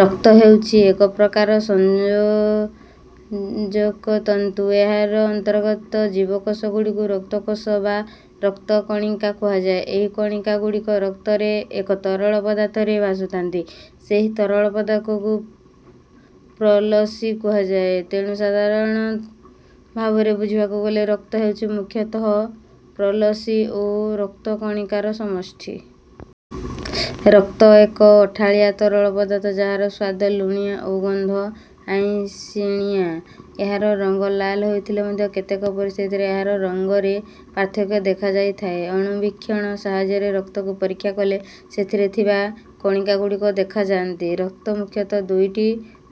ରକ୍ତ ହେଉଛି ଏକ ପ୍ରକାର ସଂଯୋଜକ ତନ୍ତୁ। ଏହାର ଅନ୍ତର୍ଗତ ଜୀବକୋଷଗୁଡ଼ିକୁ ରକ୍ତ କୋଷ ବା ରକ୍ତକଣିକା କୁହାଯାଏ। ଏହି କଣିକାଗୁଡ଼ିକ ରକ୍ତରେ ଏକ ତରଳ ପଦାର୍ଥରେ ଭାସୁଥାନ୍ତି ସେହି ତରଳ ପଦାର୍ଥକୁ ପ୍ରଲସି କୁହାଯାଏ। ତେଣୁ ସାଧାରଣ ଭାବରେ ବୁଝିବାକୁ ଗଲେ ରକ୍ତ ହେଉଛି ମୁଖ୍ୟତଃ ପ୍ରଲସି ଓ ରକ୍ତ କଣିକାର ସମଷ୍ଟି। ରକ୍ତ ଏକ ଅଠାଳିଆ ତରଳ ପଦାର୍ଥ ଯାହାର ସ୍ୱାଦ ଲୁଣିଆ ଓ ଗନ୍ଧ ଆଇଁଷିଣିଆ। ଏହାର ରଙ୍ଗ ଲାଲ ହୋଇଥିଲେ ମଧ୍ୟ କେତେକ ପରିସ୍ଥିତିରେ ଏହାର ରଙ୍ଗରେ ପାର୍ଥକ୍ୟ ଦେଖାଯାଇଥାଏ। ଅଣୁବୀକ୍ଷଣ ସାହାଯ୍ୟରେ ରକ୍ତକୁ ପରୀକ୍ଷା କଲେ ସେଥିରେ ଥିବା କଣିକାଗୁଡ଼ିକ ଦେଖାଯାନ୍ତି। ରକ୍ତ ମୁଖ୍ୟତଃ ଦୁଇଟି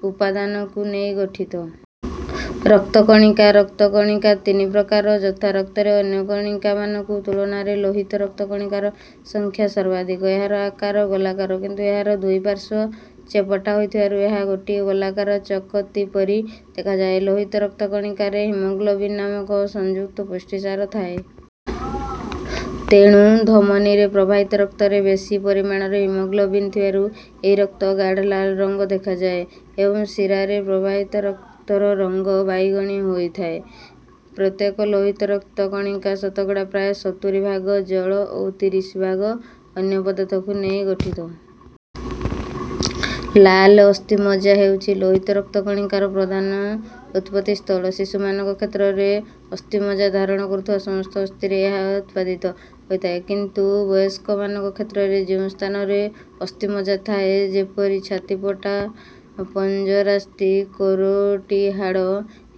ଉପାଦାନକୁ ନେଇ ଗଠିତ। ରକ୍ତ କଣିକା ରକ୍ତକଣିକା ତିନି ପ୍ରକାରର ଯଥା ରକ୍ତରେ ଅନ୍ୟ କଣିକାମାନଙ୍କ ତୁଳନାରେ ଲୋହିତ ରକ୍ତ କଣିକାର ସଂଖ୍ୟା ସର୍ବାଧିକ। ଏହାର ଆକାର ଗୋଲାକାର କିନ୍ତୁ ଏହାର ଦୁଇପାର୍ଶ୍ୱ ଚେପଟା ହୋଇଥିବାରୁ ଏହା ଗୋଟିଏ ଗୋଲାକାର ଚକତି ପରି ଦେଖାଯାଏ। ଲୋହିତ ରକ୍ତ କଣିକାରେ ହିମୋଗ୍ଲୋବିନ ନାମକ ସଂଯୁକ୍ତ ପୁଷ୍ଟିସାର ଥାଏ। ତେଣୁ ଧମନୀରେ ପ୍ରବାହିତ ରକ୍ତରେ ବେଶି ପରିମାଣରେ ହିମୋଗ୍ଲୋବିନ ଥିବାରୁ ଏହି ରକ୍ତ ଗାଢ଼ଲାଲ ରଙ୍ଗ ଦେଖାଯାଏ ଏବଂ ଶିରାରେ ପ୍ରବାହିତ ରକ୍ତର ରଙ୍ଗ ବାଇଗଣୀ ହୋଇଥାଏ। ପ୍ରତ୍ୟେକ ଲୋହିତ ରକ୍ତ କଣିକା ଶତକଡ଼ା ପ୍ରାୟ ସତୁରି ଭାଗ ଜଳ ଓ ତିରିଶ ଭାଗ ଅନ୍ୟ ପଦାର୍ଥକୁ ନେଇ ଗଠିତ। ଲାଲ ଅସ୍ଥିମଜ୍ଜା ହେଉଛି ଲୋହିତ ରକ୍ତ କଣିକାର ପ୍ରଧାନ ଉତ୍ପତ୍ତିସ୍ଥଳ। ଶିଶୁମାନଙ୍କ କ୍ଷେତ୍ରରେ ଅସ୍ଥିମଜ୍ଜା ଧାରଣ କରୁଥିବା ସମସ୍ତ ଅସ୍ଥିରେ ଏହା ଉତ୍ପାଦିତ ହୋଇଥାଏ। କିନ୍ତୁ ବୟସ୍କମାନଙ୍କ କ୍ଷେତ୍ରରେ ଯେଉଁ ସ୍ଥାନରେ ଅସ୍ଥିମଜ୍ଜା ଥାଏ ଯେପରି ଛାତିପଟା ପଞ୍ଜରାସ୍ଥି କରୋଟି ହାଡ଼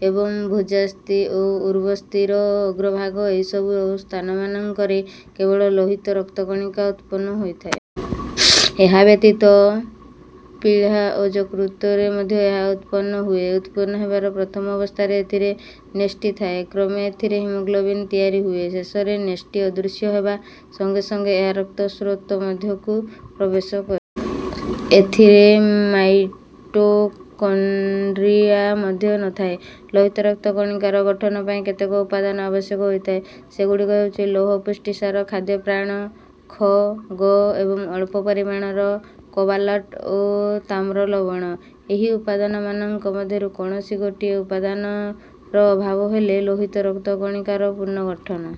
ଏବଂ ଭୁଜାସ୍ଥି ଓ ଊର୍ବସ୍ଥିର ଅଗ୍ରଭାଗ ଏହିସବୁ ସ୍ଥାନମାନଙ୍କରେ କେବଳ ଲୋହିତ ରକ୍ତକଣିକା ଉତ୍ପନ୍ନ ହୋଇଥାଏ। ଏହା ବ୍ୟତୀତ ପ୍ଳୀହା ଓ ଯକୃତ ରେ ମଧ୍ୟ ଏହା ଉତ୍ପନ୍ନ ହୁଏ। ଉତ୍ପନ୍ନ ହେବାର ପ୍ରଥମ ଅବସ୍ଥାରେ ଏଥିରେ ନ୍ୟଷ୍ଟିଥାଏ। କ୍ରମେ ଏଥିରେ ହିମୋଗ୍ଲୋବିନ ତିଆରି ହୁଏ। ଶେଷରେ ନ୍ୟଷ୍ଟି ଅଦୃଶ୍ୟ ହେବା ସଙ୍ଗେ ସଙ୍ଗେ ଏହା ରକ୍ତ ସ୍ରୋତ ମଧ୍ୟକୁ ପ୍ରବେଶ କରେ। ଏଥିରେ ମାଇଟୋକଣ୍ଡ୍ରିଆ ମଧ୍ୟ ନଥାଏ। ଲୋହିତ ରକ୍ତ କଣିକାର ଗଠନ ପାଇଁ କେତେକ ଉପାଦାନ ଆବଶ୍ୟକ ହୋଇଥାଏ। ସେଗୁଡ଼ିକ ହେଉଛି ଲୌହ ପୁଷ୍ଟିସାର ଖାଦ୍ୟପ୍ରାଣ ଖ ଗ ଏବଂ ଅଳ୍ପ ପରିମାଣର କୋବାଲଟ୍ ଓ ତାମ୍ର ଲବଣ। ଏହି ଉପାଦାନମାନଙ୍କ ମଧ୍ୟରୁ କୌଣସି ଗୋଟିଏ ଉପାଦାନର ଅଭାବ ହେଲେ ଲୋହିତ ରକ୍ତ କଣିକାର ପୂର୍ଣ୍ଣଗଠନ